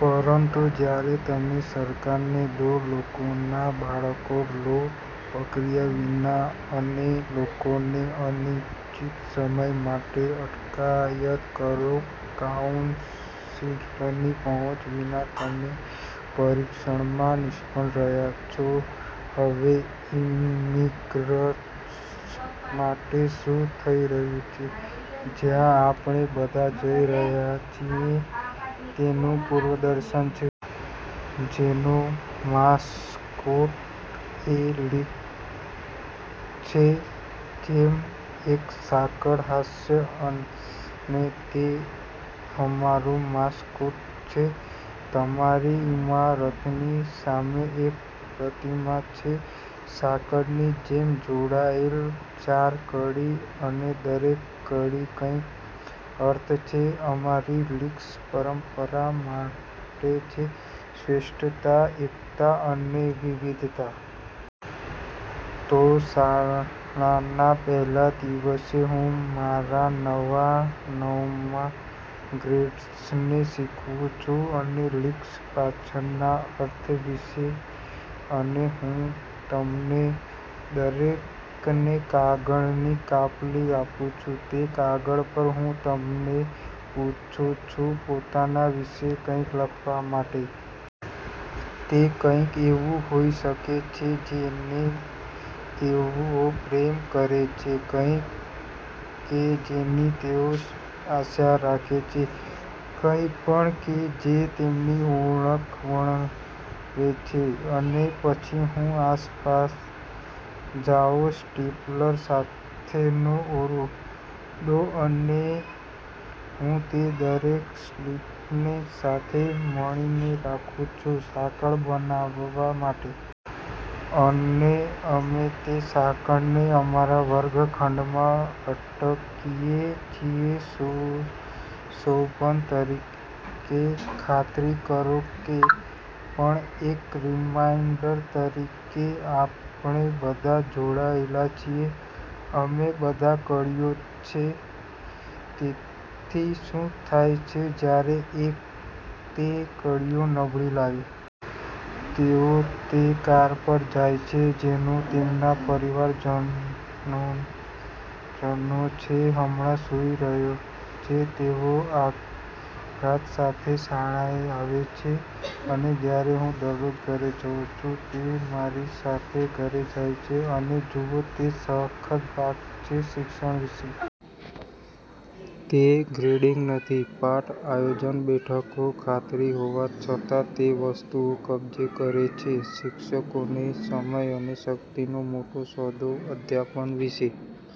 પરંતુ જ્યારે તમે સરકારને દો લોકોના બાળકો લો પ્રક્રિયા વિના અને લોકોને અનિશ્ચિત સમય માટે અટકાયત કરો કાઉન્સિલની પહોંચ વિના, તમે પરીક્ષણમાં નિષ્ફળ રહ્યા છો. હવે ઇમિગ્રન્ટ્સ માટે શું થઈ રહ્યું છે, જ્યાં આપણે બધા જઇ રહ્યા છીએ તેનું પૂર્વદર્શન છે. જેનો માસ્કોટ એ લિંક્સ છે. જેમ, એક સાંકળ. હાસ્ય અને તે અમારું માસ્કોટ છે, અમારી ઇમારતની સામે એક પ્રતિમા છે. સાંકળની જેમ જોડાયેલ ચાર કડી અને દરેક કડી કંઈક અર્થ છે. અમારી લિંક્સ પરંપરા માટે છે, શ્રેષ્ઠતા, એકતા અને વિવિધતા. તો શાળાના પહેલા દિવસે હું મારા નવા નવમા-ગ્રેડર્સને શીખવું છું તે લિંક્સ પાછળના અર્થ વિશે અને હું તેમને દરેકને કાગળની કાપલી આપુંછું. તે કાગળ પર, હું તેમને પૂછું છું પોતાના વિશે કંઈક લખવા માટે. તેકંઈક એવું હોઈ શકે છે જેને તેઓ પ્રેમ કરે છે, કંઈક કે જેની તેઓ આશા રાખે છે, કંઈપણ કે જે તેમની ઓળખ વર્ણવે છે અને પછી હું આસપાસ જાઓ સ્ટેપલર સાથેનો ઓરડો અને હું તે દરેક સ્લિપને સાથે મળીને રાખું છું સાંકળ બનાવવા માટે. અને અમે તે સાંકળને અમારા વર્ગખંડમાં અટકીએ છીએ સુશોભન તરીકે, ખાતરી કરો કે, પણ એક રીમાઇન્ડર તરીકે કે આપણે બધા જોડાયેલા છીએ. અમે બધા કડીઓ છે. તેથી શું થાય છે જ્યારે એક તે કડીઓ નબળી લાગે છે? તેઓ તે કાર પર જાય છે જેનો તેમના પરિવારજનો છે હમણાં સૂઈ રહ્યો છે. તેઓ આઘાત સાથે શાળાએ આવે છે, અને જ્યારે હું દરરોજ ઘરે જઉં છું, તે મારી સાથે ઘરે જાય છે અને જુઓ તે સખત ભાગ છે શિક્ષણ વિશે. તે ગ્રેડિંગ નથી, પાઠ આયોજન, બેઠકો, ખાતરી હોવા છતાં, તે વસ્તુઓ કબજે કરે છે. શિક્ષકોનો સમય અને શક્તિનો મોટો સોદો અધ્યાપન વિશે.